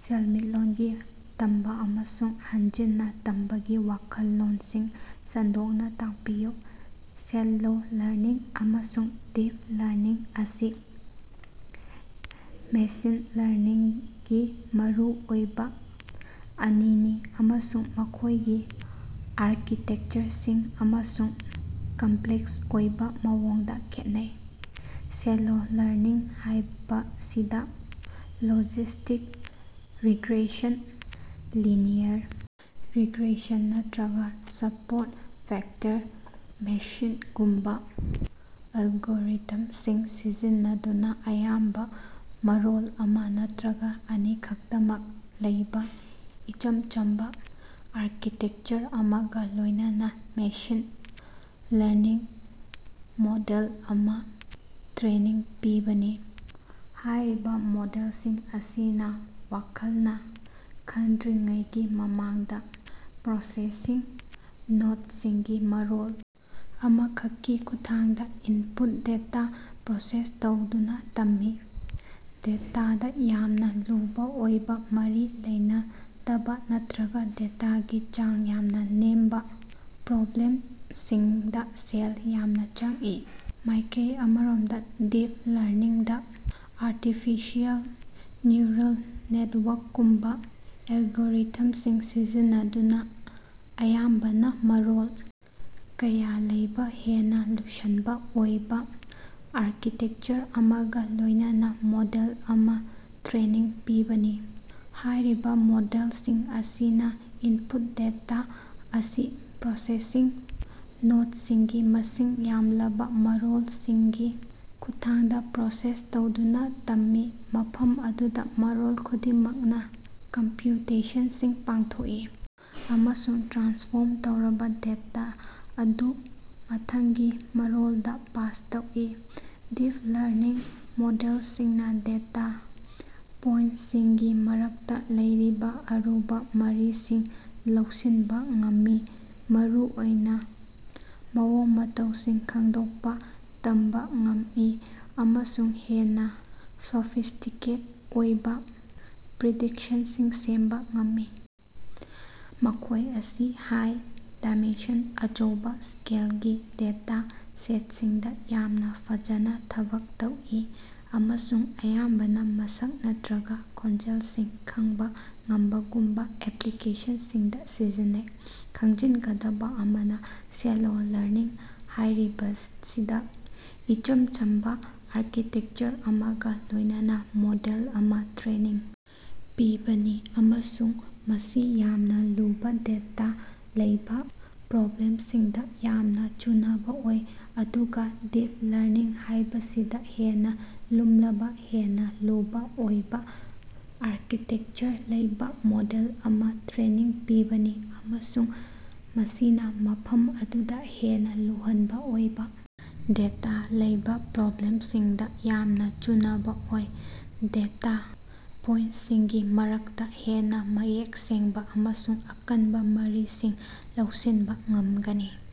ꯁꯦꯜꯃꯤꯠꯂꯣꯟꯒꯤ ꯇꯝꯕ ꯑꯃꯁꯨꯡ ꯍꯟꯖꯤꯟꯅ ꯇꯝꯕꯒꯤ ꯋꯥꯈꯜꯂꯣꯟꯁꯤꯡ ꯁꯟꯗꯣꯛꯅꯥ ꯇꯥꯛꯄꯤꯌꯨ꯫ ꯁꯦꯂꯣ ꯂꯔꯅꯤꯡ ꯑꯃꯁꯨꯡ ꯗꯤꯞ ꯂꯔꯅꯤꯡ ꯑꯁꯤ ꯃꯦꯁꯤꯟ ꯂꯔꯅꯤꯡꯒꯤ ꯃꯔꯨ ꯑꯣꯏꯕ ꯑꯅꯤꯅꯤ ꯑꯃꯁꯨꯡ ꯃꯈꯣꯢꯒꯤ ꯑꯥꯔꯀꯤꯇꯦꯛꯆꯔꯁꯤꯡ ꯑꯃꯁꯨꯡ ꯀꯝꯄ꯭ꯂꯦꯛꯁ ꯑꯣꯏꯕ ꯃꯑꯣꯡꯗ ꯈꯦꯠꯅꯩ꯫ ꯁꯦꯂꯣ ꯂꯔꯅꯤꯡ ꯍꯥꯢꯕꯁꯤꯗ ꯂꯣꯖꯤꯁꯇꯤꯛ ꯔꯤꯒ꯭ꯔꯦꯁꯟ, ꯂꯤꯅꯤꯌꯔ ꯔꯤꯒ꯭ꯔꯦꯁꯟ ꯅꯠꯇ꯭ꯔꯒ ꯁꯞꯄꯣꯔꯠ ꯚꯦꯛꯇꯔ ꯃꯦꯁꯤꯟꯒꯨꯝꯕ ꯑꯦꯂꯒꯣꯔꯤꯊꯝꯁꯤꯡ ꯁꯤꯖꯤꯟꯅꯗꯨꯅ ꯑꯌꯥꯝꯕꯅ ꯃꯔꯣꯟ ꯑꯃ ꯅꯠꯇ꯭ꯔꯒ ꯑꯅꯤꯈꯛꯇꯃꯛ ꯂꯩꯕꯥ ꯏꯆꯝ ꯆꯝꯕ ꯑꯥꯔꯀꯤꯇꯦꯛꯆꯔ ꯑꯃꯒ ꯂꯣꯢꯅꯅ ꯃꯦꯁꯤꯟ ꯂꯔꯅꯤꯡ ꯃꯣꯗꯦꯜ ꯑꯃꯥ ꯇ꯭ꯔꯦꯅꯤꯡ ꯄꯤꯕꯅꯤ꯫ ꯍꯥꯢꯔꯤꯕ ꯃꯣꯗꯦꯜꯁꯤꯡ ꯑꯁꯤꯅ ꯋꯥꯈꯜꯅ ꯈꯟꯗ꯭ꯔꯤꯉꯩꯒꯤ ꯃꯃꯥꯡꯗ ꯄ꯭ꯔꯣꯁꯦꯁꯁꯤꯡ ꯅꯣꯗꯁꯤꯡꯒꯤ ꯃꯔꯣꯜ ꯑꯃꯈꯛꯀꯤ ꯈꯨꯠꯊꯥꯡꯗ ꯏꯟꯄꯨꯠ ꯗꯦꯇꯥ ꯄ꯭ꯔꯣꯁꯦꯁ ꯇꯧꯗꯨꯅꯥ ꯇꯝꯃꯤ꯫ ꯗꯦꯇꯥꯗ ꯌꯥꯝꯅ ꯂꯨꯕꯥ ꯑꯣꯏꯕ ꯃꯔꯤ ꯂꯩꯅꯗꯕꯥ ꯅꯠꯇ꯭ꯔꯒ ꯗꯦꯇꯥꯒꯤ ꯆꯥꯡ ꯌꯥꯝꯅ ꯅꯦꯝꯕ ꯄ꯭ꯔꯣꯕ꯭ꯂꯦꯝꯁꯤꯡꯗ ꯁꯦꯜ ꯌꯥꯝꯅ ꯆꯪꯏ꯫ ꯃꯥꯢꯀꯩ ꯑꯃꯔꯣꯝꯗ ꯗꯤꯞ ꯂꯔꯅꯤꯡꯗ ꯑꯥꯔꯇꯤꯐꯤꯁꯤꯑꯦꯜ ꯅ꯭ꯌꯨꯔꯜ ꯅꯦꯇꯋꯥꯔꯛꯀꯨꯝꯕꯥ ꯑꯦꯂꯒꯣꯔꯤꯊꯝꯁꯤꯡ ꯁꯤꯖꯤꯟꯅꯗꯨꯅ ꯑꯌꯥꯝꯕꯅ ꯃꯔꯣꯜ ꯀꯌꯥ ꯂꯩꯕ ꯍꯦꯟꯅꯥ ꯂꯨꯁꯟꯕ ꯑꯣꯏꯕ ꯑꯥꯔꯀꯤꯇꯦꯛꯆꯔ ꯑꯃꯒ ꯂꯣꯢꯅꯅꯥ ꯃꯣꯗꯦꯜ ꯑꯃ ꯇ꯭ꯔꯦꯅꯤꯡ ꯄꯤꯕꯅꯤ꯫ ꯍꯥꯢꯔꯤꯕ ꯃꯣꯗꯦꯜꯁꯤꯡ ꯑꯁꯤꯅ ꯏꯟꯄꯨꯠ ꯗꯦꯇꯥ ꯑꯁꯤ ꯄ꯭ꯔꯣꯁꯦꯁꯁꯤꯡ ꯅꯣꯗꯁꯤꯡꯒꯤ ꯃꯁꯤꯡ ꯌꯥꯝꯂꯕ ꯃꯔꯣꯜꯁꯤꯡꯒꯤ ꯈꯨꯠꯊꯥꯡꯗ ꯄ꯭ꯔꯣꯁꯦꯁ ꯇꯧꯗꯨꯅꯥ ꯇꯝꯃꯤ ꯃꯐꯝ ꯑꯗꯨꯗ ꯃꯔꯣꯜ ꯈꯨꯗꯤꯡꯃꯛꯅ ꯀꯝꯄ꯭ꯌꯨꯇꯦꯁꯟꯁꯤꯡ ꯄꯥꯡꯊꯣꯛꯏ ꯑꯃꯁꯨꯡ ꯇ꯭ꯔꯥꯟꯁꯐꯣꯔꯝ ꯇꯧꯔꯕꯥ ꯗꯦꯇꯥ ꯑꯗꯨ ꯃꯊꯪꯒꯤ ꯃꯔꯣꯜꯗ ꯄꯥꯁ ꯇꯧꯏ꯫ ꯗꯤꯞ ꯂꯔꯅꯤꯡ ꯃꯣꯗꯦꯜꯁꯤꯡꯅ ꯗꯦꯇꯥ ꯄꯣꯏꯟꯇꯁꯤꯡꯒꯤ ꯃꯔꯛꯇ ꯂꯩꯔꯤꯕ ꯑꯔꯨꯕ ꯃꯔꯤꯁꯤꯡ ꯂꯧꯁꯤꯟꯕ ꯉꯝꯃꯤ ꯃꯔꯨꯑꯣꯏꯕ ꯃꯑꯣꯡ ꯃꯇꯧꯁꯤꯡ ꯈꯡꯗꯣꯛꯄ ꯇꯝꯕꯥ ꯉꯝꯃꯤ ꯑꯃꯁꯨꯡ ꯍꯦꯟꯅ ꯁꯣꯐꯤꯁ꯭ꯇꯤꯀꯦꯠ ꯑꯣꯏꯕ ꯄ꯭ꯔꯤꯗꯤꯛꯁꯟꯁꯤꯡ ꯁꯦꯝꯕ ꯉꯝꯃꯤ꯫ ꯃꯈꯣꯢ ꯑꯁꯤ ꯍꯥꯏ-ꯗꯥꯏꯃꯦꯟꯁꯟ, ꯑꯆꯧꯕꯥ ꯁ꯭ꯀꯦꯂꯒꯤ ꯗꯦꯇꯥ ꯁꯦꯠꯁꯤꯡꯗ ꯌꯥꯝꯅ ꯐꯖꯅ ꯊꯕꯛ ꯇꯧꯏ ꯑꯃꯁꯨꯡ ꯑꯌꯥꯝꯕꯅ ꯃꯁꯛ ꯅꯠꯇ꯭ꯔꯒ ꯈꯣꯟꯖꯦꯜꯁꯤꯡ ꯈꯪꯕ ꯉꯝꯕꯒꯨꯝꯕ ꯑꯦꯄ꯭ꯂꯤꯀꯦꯁꯟꯁꯤꯡꯗ ꯁꯤꯖꯤꯟꯅꯩ꯫ ꯈꯪꯖꯤꯟꯒꯗꯕ ꯑꯃꯅ ꯁꯦꯂꯣ ꯂꯔꯅꯤꯡ ꯍꯥꯢꯕꯁꯤꯗ ꯏꯆꯝ ꯆꯝꯕ ꯑꯥꯔꯀꯤꯇꯦꯛꯆꯔ ꯑꯃꯒ ꯂꯣꯢꯅꯅ ꯃꯣꯗꯦꯜ ꯑꯃ ꯇ꯭ꯔꯦꯅꯤꯡ ꯄꯤꯕꯅꯤ ꯑꯃꯁꯨꯡ ꯃꯁꯤ ꯌꯥꯝꯅ ꯂꯨꯕ ꯗꯦꯇꯥ ꯂꯩꯕ ꯄ꯭ꯔꯣꯕ꯭ꯂꯦꯝꯁꯤꯡꯗ ꯌꯥꯝꯅ ꯆꯨꯅꯕ ꯑꯣꯏ ꯑꯗꯨꯒ ꯗꯤꯞ ꯂꯔꯅꯤꯡ ꯍꯥꯢꯕꯁꯤꯗ ꯍꯦꯟꯅ ꯂꯨꯝꯂꯕ ꯍꯦꯟꯅ ꯂꯨꯕ ꯑꯣꯏꯕꯥ ꯑꯥꯔꯀꯤꯇꯦꯛꯆꯔ ꯂꯩꯕꯥ ꯃꯣꯗꯦꯜ ꯑꯃ ꯇ꯭ꯔꯦꯅꯤꯡ ꯄꯤꯕꯅꯤ ꯑꯃꯁꯨꯡ ꯃꯁꯤꯅ ꯃꯐꯝ ꯑꯗꯨꯗ ꯍꯦꯟꯅ ꯂꯨꯍꯟꯕ ꯑꯣꯏꯕ ꯗꯦꯇꯥ ꯂꯩꯕ ꯄ꯭ꯔꯣꯕ꯭ꯂꯦꯝꯁꯤꯡꯗ ꯌꯥꯝꯅ ꯆꯨꯅꯕ ꯑꯣꯏ꯫ ꯗꯦꯇꯥ ꯄꯣꯏꯟꯇꯁꯤꯡꯒꯤ ꯃꯔꯛꯇ ꯍꯦꯟꯅ ꯃꯌꯦꯛ ꯁꯦꯡꯕ ꯑꯃꯁꯨꯡ ꯑꯀꯟꯕ ꯃꯔꯤꯁꯤꯡ ꯂꯧꯁꯤꯟꯕ ꯉꯝꯒꯅꯤ꯫